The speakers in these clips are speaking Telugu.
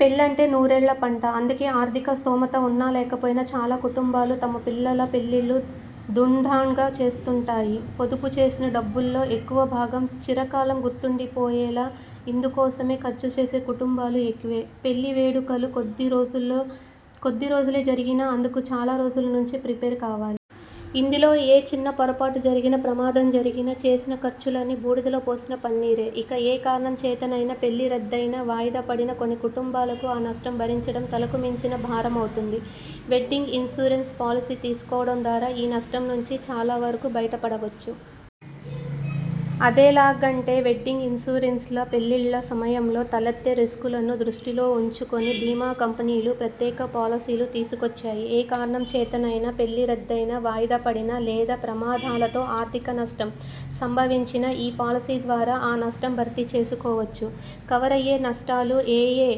పెళ్లంటే నూరేళ్ల పంట. అందుకే ఆర్థిక స్థోమత ఉన్నా లేకపోయినా చాలా కుటుంబాలు, తమ పిల్లల పెళ్లిళ్లు ధూంధాంగా చేస్తుంటాయి. పొదుపు చేసిన డబ్బుల్లో ఎక్కువ భాగం చిరకాలం గుర్తుండిపోయేలా ఇందుకోసమే ఖర్చు చేసే కుటుంబాలు ఎక్కువే. పెళ్లి వేడుకలు కొద్ది రోజులే జరిగినా అందుకు చాలా రోజుల నుంచే ప్రిపేర్ కావాలి. ఇందులో ఏ చిన్న పొరపాటు జరిగినా, ప్రమాదం జరిగినా చేసిన ఖర్చులన్నీ బూడిదలో పోసిన పన్నీరే. ఇక ఏ కారణం చేతనైనా పెళ్లి రద్దయినా, వాయిదా పడినా కొన్ని కుటుంబాలకు ఆ నష్టం భరించడం తలకు మించిన భారమవుతుంది. వెడ్డింగ్ ఇన్సూరెన్స్ పాలసీ తీసుకోవడం ద్వారా ఈ నష్టం నుంచి చాలా వరకు బయట పడవచ్చు. అదెలాగంటేవెడ్డింగ్ ఇన్సూరెన్స్ పెళ్లిళ్ల సమయంలో తలెత్తే రిస్కులను దృష్టిలో ఉంచుకుని బీమా కంపెనీలు ప్రత్యేక పాలసీలు తీసుకొచ్చాయి. ఏ కారణం చేతనైనా పెళ్లి రద్దయినా, వాయిదా పడినా లేదా ప్రమాదాలతో ఆర్థిక నష్టం సంభవించినా ఈ పాలసీ ద్వారా ఆ నష్టం భర్తీ చేసుకోవచ్చు. కవరయ్యే నష్టాలు ఏయే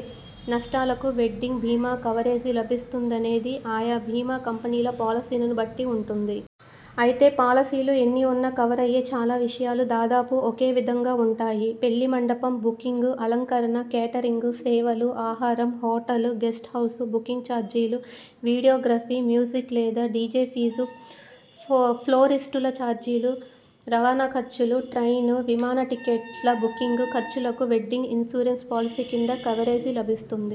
నష్టాలకు వెడ్డింగ్ బీమా కవరేజీ లభిస్తుందనేది ఆయా బీమా కంపెనీల పాలసీలను బట్టి ఉంటుంది. అయితే పాలసీలు ఎన్ని ఉన్నా కవరయ్యే చాలా విషయాలు దాదాపు ఒకే విధంగా ఉంటాయి. పెళ్లి మండపం బుకింగ్, అలంకరణ, కేటరింగ్ సేవలు, ఆహారం, హోటల్, గెస్ట్ హౌజ్ బుకింగ్ చార్జీలు, వీడియోగ్రఫీ, మ్యూజిక్ లేదా డిజె ఫీజు, ఫ్లోరిస్టుల చార్జీలు, రవాణా ఖర్చులు, ట్రైన్, విమాన టిక్కెట్ల బుకింగ్ ఖర్చులుకు వెడ్డింగ్ ఇన్సూరెన్స్ పాలసీ కింద కవరేజీ లభిస్తుంది.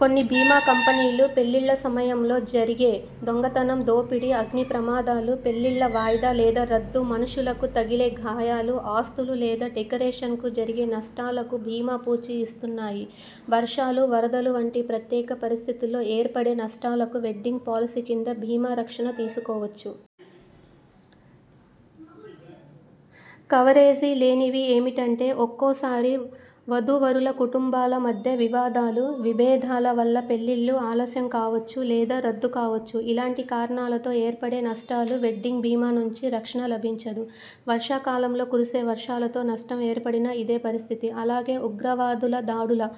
కొన్ని బీమా కంపెనీలు పెళ్లిళ్ల సమయంలో జరిగే దొంగతనం, దోపిడి, అగ్ని ప్రమాదాలు, పెళ్లిళ్ల వాయిదా లేదా రద్దు, మనుషులకు తగిలే గాయాలు, ఆస్తులు లేదా డెకరేషన్కు జరిగే నష్టాలకూ బీమా పూచి ఇస్తున్నాయి. వర్షాలు, వరదల వంటి ప్రత్యేక పరిస్థితుల్లో ఏర్పడే నష్టాలకూ వెడ్డింగ్ పాలసీ కింద బీమా రక్షణ తీసుకోవచ్చు. కవరేజీ లేనివి ఏమిటంటే.. ఒక్కోసారి వధూవరుల కుటుంబాల మధ్య వివాదాలు, విభేదాల వల్ల పెళ్లిళ్లు ఆలస్యం కావచ్చు. లేదా రద్దు కావచ్చు. ఇలాంటి కారణాలతో ఏర్పడే నష్టాలు వెడ్డింగ్ బీమా నుంచి రక్షణ లభించదు. వర్షాకాలంలో కురిసే వర్షాలతో నష్టం ఏర్పడినా ఇదే పరిస్థితి. అలాగే ఉగ్రవాదుల దాడులు,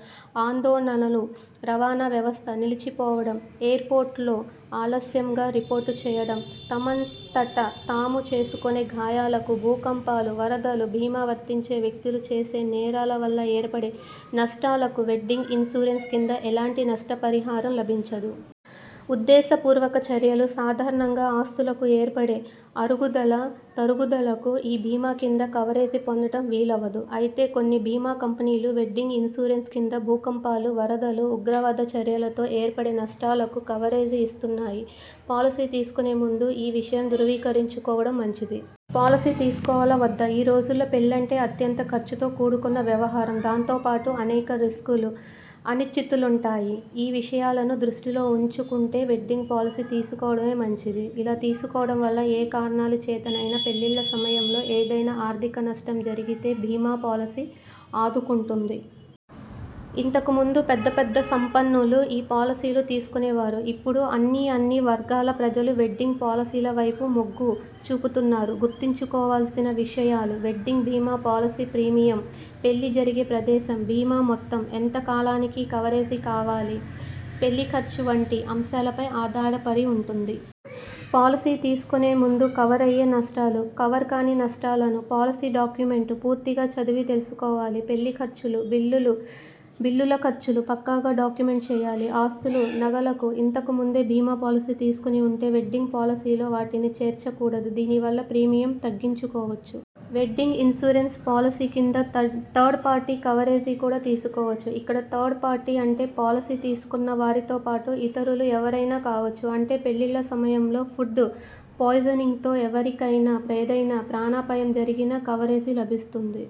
ఆందోళనలు, రవాణా వ్యవస్థ నిలిచి పోవడం, ఎయుర్పోర్టులో ఆలస్యంగా రిపోర్టు చేయడం, తమంతట తాము చేసుకునే గాయాలకు, భూకంపాలు, వరదలు, బీమా వర్తించే వ్యక్తులు చేసే నేరాల వల్ల ఏర్పడే నష్టాలకూ వెడ్డింగ్ ఇన్సూరెన్స్ కింద ఎలాంటి నష్టపరిహారం లభించదు. ఉద్దేశపూర్వక చర్యలు, సాధారణంగా ఆస్తులకు ఏర్పడే అరుగుదల, తరుగుదలకూ ఈ బీమా కింద కవరేజీ పొందడం వీలవదు. అయితే కొన్ని బీమా కంపెనీలు వెడ్డింగ్ ఇన్సూరెన్స్ కింద భూకంపాలు, వరదలు, ఉగ్రవాద చర్యలతో ఏర్పడే నష్టాలకూ కవరేజీ ఇస్తున్నాయి. పాలసీ తీసుకునే ముందే ఈ విషయం ధ్రువీకరించుకోవడం మంచిది. పాలసీ తీసుకోవాలా? వద్దా? ఈ రోజుల్లో పెళ్లంటే అత్యంత ఖర్చుతో కూడుకున్న వ్యవహారం. దాంతోపాటు అనేక రిస్కులు, అనిశ్చితులుంటాయి. ఈ విషయాలను దృష్టిలో ఉం చుకుంటే వెడ్డింగ్ పాలసీ తీసుకోవడమే మంచిది. ఇలా తీసుకోవడం వల్ల ఏ కారణం చేతనైనా పెళ్ళిళ్ల సమయంలో ఏదైనా ఆర్థిక నష్టం జరిగితే బీమా పాలసీ ఆదుకుంటుంది. ఇంతకు ముందు పెద్ద పెద్ద సంపన్నులు ఈ పాలసీలు తీసుకునేవారు. ఇపుడు అన్ని అన్ని వర్గాల ప్రజలు వెడ్డింగ్ పాలసీల వైపు మొగ్గు చూపుతున్నారు. గుర్తుంచుకోవాల్సిన విషయాలువెడ్డింగ్ బీమా పాలసీ ప్రీమియం.. పెళ్లి జరిగే ప్రదేశం, బీమా మొత్తం, ఎంత కాలానికి కవరేజీ కావాలి? పెళ్లి ఖర్చు వంటి అంశాలపై ఆధారపడి ఉంటుంది. పాలసీ తీసుకునే ముందే కవరయ్యే నష్టాలు, కవర్ కాని నష్టాలను పాలసీ డాక్యుమెంట్ పూర్తిగా చదివి తెలుసుకోవాలి. పెళ్లి ఖర్చులు, బిల్లుల ఖర్చులు పక్కాగా డాక్యుమెంట్ చేయాలి. ఆస్తులు, నగలకు ఇంతకు ముందే బీమా పాలసీ తీసుకుని ఉంటే వెడ్డింగ్ పాలసీలో వాటిని చేర్చకూడదు. దీనివల్ల ప్రీమియం తగ్గించుకోవచ్చు. వెడ్డింగ్ ఇన్సూరెన్స్ పాలసీ కింద థర్డ్ పార్టీ కవరేజీ కూడా తీసుకోవచ్చు. ఇక్కడ థర్డ్ పార్టీ అంటే పాలసీ తీసుకున్న వారితో పాటు ఇతరులు ఎవరైనా కావచ్చు. అంటే పెళ్లిళ్ల సమయంలో ఫుడ్ పాయిజనింగ్తో ఎవరికైనా ఏదైనా ప్రాణాపాయం జరిగినా కవరేజీ లభిస్తుంది.